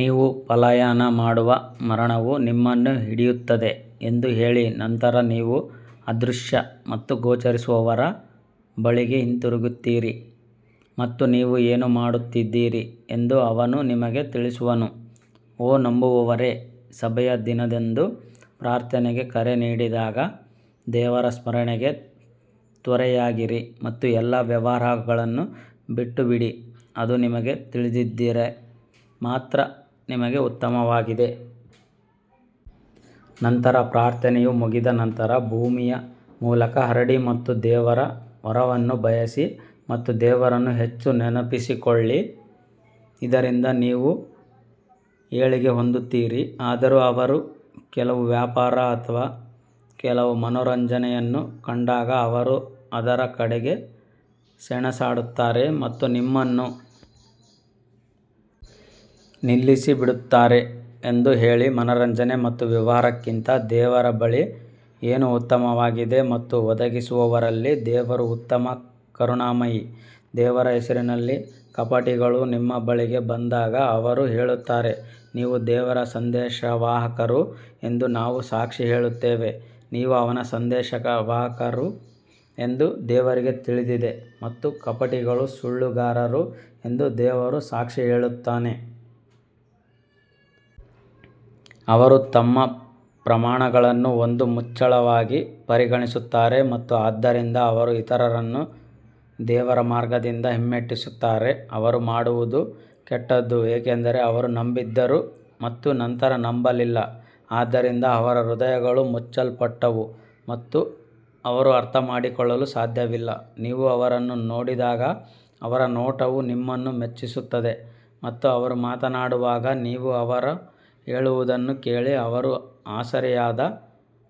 ನೀವು ಪಲಾಯನ ಮಾಡುವ ಮರಣವು ನಿಮ್ಮನ್ನು ಹಿಡಿಯುತ್ತದೆ ಎಂದು ಹೇಳಿ ನಂತರ ನೀವು ಅದೃಶ್ಯ ಮತ್ತು ಗೋಚರಿಸುವವರ ಬಳಿಗೆ ಹಿಂತಿರುಗುತ್ತೀರಿ ಮತ್ತು ನೀವು ಏನು ಮಾಡುತ್ತಿದ್ದೀರಿ ಎಂದು ಅವನು ನಿಮಗೆ ತಿಳಿಸುವನು. ಓ ನಂಬುವವರೇ, ಸಭೆಯ ದಿನದಂದು ಪ್ರಾರ್ಥನೆಗೆ ಕರೆ ನೀಡಿದಾಗ ದೇವರ ಸ್ಮರಣೆಗೆ ತ್ವರೆಯಾಗಿರಿ ಮತ್ತು ಎಲ್ಲಾ ವ್ಯವಹಾರಗಳನ್ನು ಬಿಟ್ಟುಬಿಡಿ, ಅದು ನಿಮಗೆ ತಿಳಿದಿದ್ದರೆ ಮಾತ್ರ ನಿಮಗೆ ಉತ್ತಮವಾಗಿದೆ. ನಂತರ ಪ್ರಾರ್ಥನೆಯು ಮುಗಿದ ನಂತರ ಭೂಮಿಯ ಮೂಲಕ ಹರಡಿ ಮತ್ತು ದೇವರ ವರವನ್ನು ಬಯಸಿ ಮತ್ತು ದೇವರನ್ನು ಹೆಚ್ಚು ನೆನಪಿಸಿಕೊಳ್ಳಿ ಇದರಿಂದ ನೀವು ಏಳಿಗೆ ಹೊಂದುತ್ತೀರಿ. ಆದರೂ ಅವರು ಕೆಲವು ವ್ಯಾಪಾರ ಅಥವಾ ಕೆಲವು ಮನರಂಜನೆಯನ್ನು ಕಂಡಾಗ ಅವರು ಅದರ ಕಡೆಗೆ ಸೆಣಸಾಡುತ್ತಾರೆ ಮತ್ತು ನಿಮ್ಮನ್ನು ನಿಲ್ಲಿಸಿ ಬಿಡುತ್ತಾರೆ ಎಂದು ಹೇಳಿ ಮನರಂಜನೆ ಮತ್ತು ವ್ಯವಹಾರಕ್ಕಿಂತ ದೇವರ ಬಳಿ ಏನು ಉತ್ತಮವಾಗಿದೆ ಮತ್ತು ಒದಗಿಸುವವರಲ್ಲಿ ದೇವರು ಉತ್ತಮ ಕರುಣಾಮಯಿ ದೇವರ ಹೆಸರಿನಲ್ಲಿ ಕಪಟಿಗಳು ನಿಮ್ಮ ಬಳಿಗೆ ಬಂದಾಗ ಅವರು ಹೇಳುತ್ತಾರೆ, ನೀವು ದೇವರ ಸಂದೇಶವಾಹಕರು ಎಂದು ನಾವು ಸಾಕ್ಷಿ ಹೇಳುತ್ತೇವೆ, ನೀವು ಅವನ ಸಂದೇಶವಾಹಕರು ಎಂದು ದೇವರಿಗೆ ತಿಳಿದಿದೆ ಮತ್ತು ಕಪಟಿಗಳು ಸುಳ್ಳುಗಾರರು ಎಂದು ದೇವರು ಸಾಕ್ಷಿ ಹೇಳುತ್ತಾನೆ. ಅವರು ತಮ್ಮ ಪ್ರಮಾಣಗಳನ್ನು ಒಂದು ಮುಚ್ಚಳವಾಗಿ ಪರಿಗಣಿಸುತ್ತಾರೆ ಮತ್ತು ಆದ್ದರಿಂದ ಅವರು ಇತರರನ್ನು ದೇವರ ಮಾರ್ಗದಿಂದ ಹಿಮ್ಮೆಟ್ಟಿಸುತ್ತಾರೆ, ಅವರು ಮಾಡುವದು ಕೆಟ್ಟದು ಏಕೆಂದರೆ ಅವರು ನಂಬಿದ್ದರು ಮತ್ತು ನಂತರ ನಂಬಲಿಲ್ಲ, ಆದ್ದರಿಂದ ಅವರ ಹೃದಯಗಳು ಮುಚ್ಚಲ್ಪಟ್ಟವು ಮತ್ತು ಅವರು ಅರ್ಥಮಾಡಿಕೊಳ್ಳಲು ಸಾಧ್ಯವಿಲ್ಲ ನೀವು ಅವರನ್ನು ನೋಡಿದಾಗ ಅವರ ನೋಟವು ನಿಮ್ಮನ್ನು ಮೆಚ್ಚಿಸುತ್ತದೆ ಮತ್ತು ಅವರು ಮಾತನಾಡುವಾಗ ನೀವು ಅವರು ಹೇಳುವದನ್ನು ಕೇಳಿ ಅವರು ಆಸರೆಯಾದ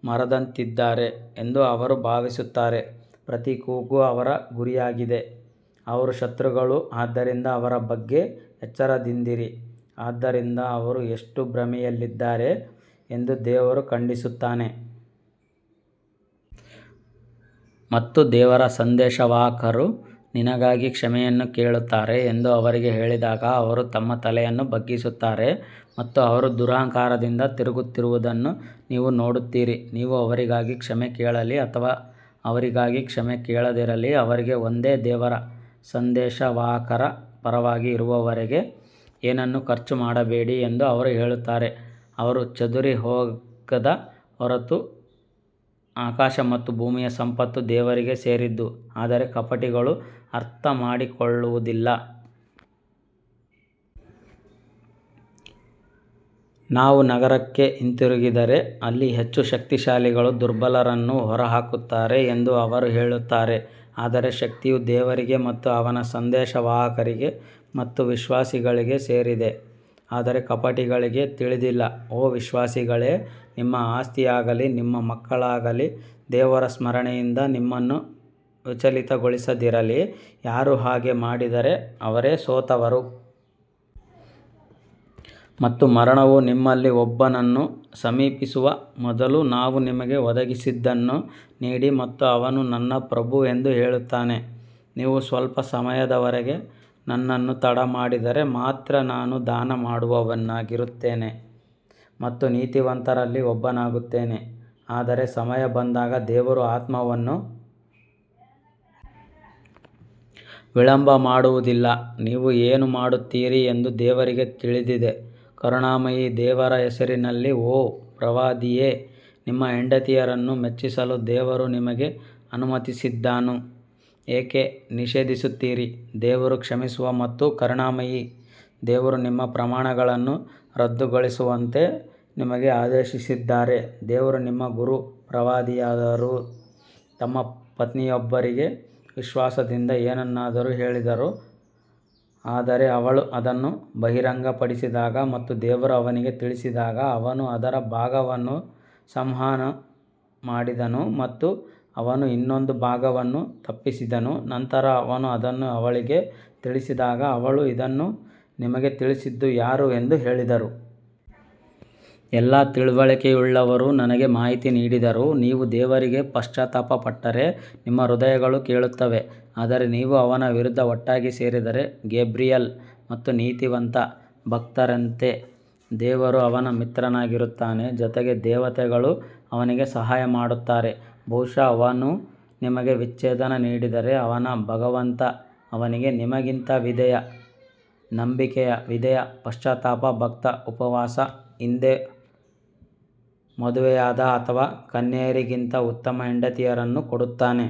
ಮರದಂತಿದ್ದಾರೆ ಎಂದು ಅವರು ಭಾವಿಸುತ್ತಾರೆ ಪ್ರತಿ ಕೂಗು ಅವರ ಗುರಿಯಾಗಿದೆ ಅವರು ಶತ್ರುಗಳು ಆದ್ದರಿಂದ ಅವರ ಬಗ್ಗೆ ಎಚ್ಚರದಿಂದಿರಿ ಆದ್ದರಿಂದ ಅವರು ಎಷ್ಟು ಭ್ರಮೆಯಲ್ಲಿದ್ದಾರೆ ಎಂದು ದೇವರು ಖಂಡಿಸುತ್ತಾನೆ. ಮತ್ತು ದೇವರ ಸಂದೇಶವಾಹಕರು ನಿನಗಾಗಿ ಕ್ಷಮೆಯನ್ನು ಕೇಳುತ್ತಾರೆ ಎಂದು ಅವರಿಗೆ ಹೇಳಿದಾಗ ಅವರು ತಮ್ಮ ತಲೆಯನ್ನು ಬಗ್ಗಿಸುತ್ತಾರೆ ಮತ್ತು ಅವರು ದುರಹಂಕಾರದಿಂದ ತಿರುಗುತ್ತಿರುವುದನ್ನು ನೀವು ನೋಡುತ್ತೀರಿ. ನೀವು ಅವರಿಗಾಗಿ ಕ್ಷಮೆ ಕೇಳಲಿ ಅಥವಾ ಅವರಿಗಾಗಿ ಕ್ಷಮೆ ಕೇಳದಿರಲಿ ಅವರಿಗೆ ಒಂದೇ ದೇವರ ಸಂದೇಶವಾಹಕರ ಪರವಾಗಿ ಇರುವವರಿಗೆ ಏನನ್ನೂ ಖರ್ಚು ಮಾಡಬೇಡಿ ಎಂದು ಅವರು ಹೇಳುತ್ತಾರೆ, ಅವರು ಚದುರಿಹೋಗದ ಹೊರತು ಆಕಾಶ ಮತ್ತು ಭೂಮಿಯ ಸಂಪತ್ತು ದೇವರಿಗೆ ಸೇರಿದ್ದು ಆದರೆ ಕಪಟಿಗಳು ಅರ್ಥಮಾಡಿಕೊಳ್ಳುವುದಿಲ್ಲ. ನಾವು ನಗರಕ್ಕೆ ಹಿಂತಿರುಗಿದರೆ ಅಲ್ಲಿ ಹೆಚ್ಚು ಶಕ್ತಿಶಾಲಿಗಳು ದುರ್ಬಲರನ್ನು ಹೊರಹಾಕುತ್ತಾರೆ ಎಂದು ಅವರು ಹೇಳುತ್ತಾರೆ ಆದರೆ ಶಕ್ತಿಯು ದೇವರಿಗೆ ಮತ್ತು ಅವನ ಸಂದೇಶವಾಹಕರಿಗೆ ಮತ್ತು ವಿಶ್ವಾಸಿಗಳಿಗೆ ಸೇರಿದೆ ಆದರೆ ಕಪಟಿಗಳಿಗೆ ತಿಳಿದಿಲ್ಲ. ಓ ವಿಶ್ವಾಸಿಗಳೇ, ನಿಮ್ಮ ಆಸ್ತಿಯಾಗಲಿ, ನಿಮ್ಮ ಮಕ್ಕಳಾಗಲಿ ದೇವರ ಸ್ಮರಣೆಯಿಂದ ನಿಮ್ಮನ್ನು ವಿಚಲಿತಗೊಳಿಸದಿರಲಿ, ಯಾರು ಹಾಗೆ ಮಾಡಿದರೆ ಅವರೇ ಸೋತವರು. ಮತ್ತು ಮರಣವು ನಿಮ್ಮಲ್ಲಿ ಒಬ್ಬನನ್ನು ಸಮೀಪಿಸುವ ಮೊದಲು ನಾವು ನಿಮಗೆ ಒದಗಿಸಿದ್ದನ್ನು ನೀಡಿ ಮತ್ತು ಅವನು ನನ್ನ ಪ್ರಭು ಎಂದು ಹೇಳುತ್ತಾನೆ, ನೀವು ಸ್ವಲ್ಪ ಸಮಯದವರೆಗೆ ನನ್ನನ್ನು ತಡಮಾಡಿದರೆ ಮಾತ್ರ ನಾನು ದಾನ ಮಾಡುವವನಾಗಿರುತ್ತೇನೆ ಮತ್ತು ನೀತಿವಂತರಲ್ಲಿ ಒಬ್ಬನಾಗುತ್ತೇನೆ. ಆದರೆ ಸಮಯ ಬಂದಾಗ ದೇವರು ಆತ್ಮವನ್ನು ವಿಳಂಬ ಮಾಡುವುದಿಲ್ಲ, ನೀವು ಏನು ಮಾಡುತ್ತೀರಿ ಎಂದು ದೇವರಿಗೆ ತಿಳಿದಿದೆ ಕರುಣಾಮಯಿ ದೇವರ ಹೆಸರಿನಲ್ಲಿ ಓ ಪ್ರವಾದಿಯೇ, ನಿಮ್ಮ ಹೆಂಡತಿಯರನ್ನು ಮೆಚ್ಚಿಸಲು ದೇವರು ನಿಮಗೆ ಅನುಮತಿಸಿದ್ದನ್ನು ಏಕೆ ನಿಷೇಧಿಸುತ್ತೀರಿ ದೇವರು ಕ್ಷಮಿಸುವ ಮತ್ತು ಕರುಣಾಮಯಿ ದೇವರು ನಿಮ್ಮ ಪ್ರಮಾಣಗಳನ್ನು ರದ್ದುಗೊಳಿಸುವಂತೆ ನಿಮಗೆ ಆದೇಶಿಸಿದ್ದಾರೆ ದೇವರು ನಿಮ್ಮ ಗುರು ಪ್ರವಾದಿಯವರು ತಮ್ಮ ಪತ್ನಿಯೊಬ್ಬರಿಗೆ ವಿಶ್ವಾಸದಿಂದ ಏನನ್ನಾದರೂ ಹೇಳಿದರು ಆದರೆ ಅವಳು ಅದನ್ನು ಬಹಿರಂಗಪಡಿಸಿದಾಗ ಮತ್ತು ದೇವರು ಅವನಿಗೆ ತಿಳಿಸಿದಾಗ ಅವನು ಅದರ ಭಾಗವನ್ನು ಸಂವಹನ ಮಾಡಿದನು ಮತ್ತು ಅವನು ಇನ್ನೊಂದು ಭಾಗವನ್ನು ತಪ್ಪಿಸಿದನು ನಂತರ ಅವನು ಅದನ್ನು ಅವಳಿಗೆ ತಿಳಿಸಿದಾಗ ಅವಳು ಇದನ್ನು ನಿಮಗೆ ತಿಳಿಸಿದ್ದು ಯಾರು ಎಂದು ಹೇಳಿದರು. ಎಲ್ಲಾ ತಿಳುವಳಿಕೆಯುಳ್ಳವರು ನನಗೆ ಮಾಹಿತಿ ನೀಡಿದರು ನೀವು ದೇವರಿಗೆ ಪಶ್ಚಾತ್ತಾಪಪಟ್ಟರೆ, ನಿಮ್ಮ ಹೃದಯಗಳು ಕೇಳುತ್ತವೆ ಆದರೆ ನೀವು ಅವನ ವಿರುದ್ಧ ಒಟ್ಟಾಗಿ ಸೇರಿದರೆ, ಗೇಬ್ರಿಯಲ್ ಮತ್ತು ನೀತಿವಂತ ಭಕ್ತರಂತೆ ದೇವರು ಅವನ ಮಿತ್ರನಾಗಿರುತ್ತಾನೆ, ಜೊತೆಗೆ ದೇವತೆಗಳು ಅವನಿಗೆ ಸಹಾಯ ಮಾಡುತ್ತಾರೆ. ಬಹುಶಃ ಅವನು ನಿಮಗೆ ವಿಚ್ಛೇದನ ನೀಡಿದರೆ ಅವನ ಭಗವಂತ ಅವನಿಗೆ ನಿಮಗಿಂತ ವಿಧೇಯ ನಂಬಿಕೆಯ ವಿಧೇಯ ಪಶ್ಚಾತ್ತಾಪ ಭಕ್ತ ಉಪವಾಸ ಹಿಂದೆ ಮದುವೆಯಾದ ಅಥವಾ ಕನ್ಯೆಯರಿಗಿಂತ ಉತ್ತಮ ಹೆಂಡತಿಯರನ್ನು ಕೊಡುತ್ತಾನೆ.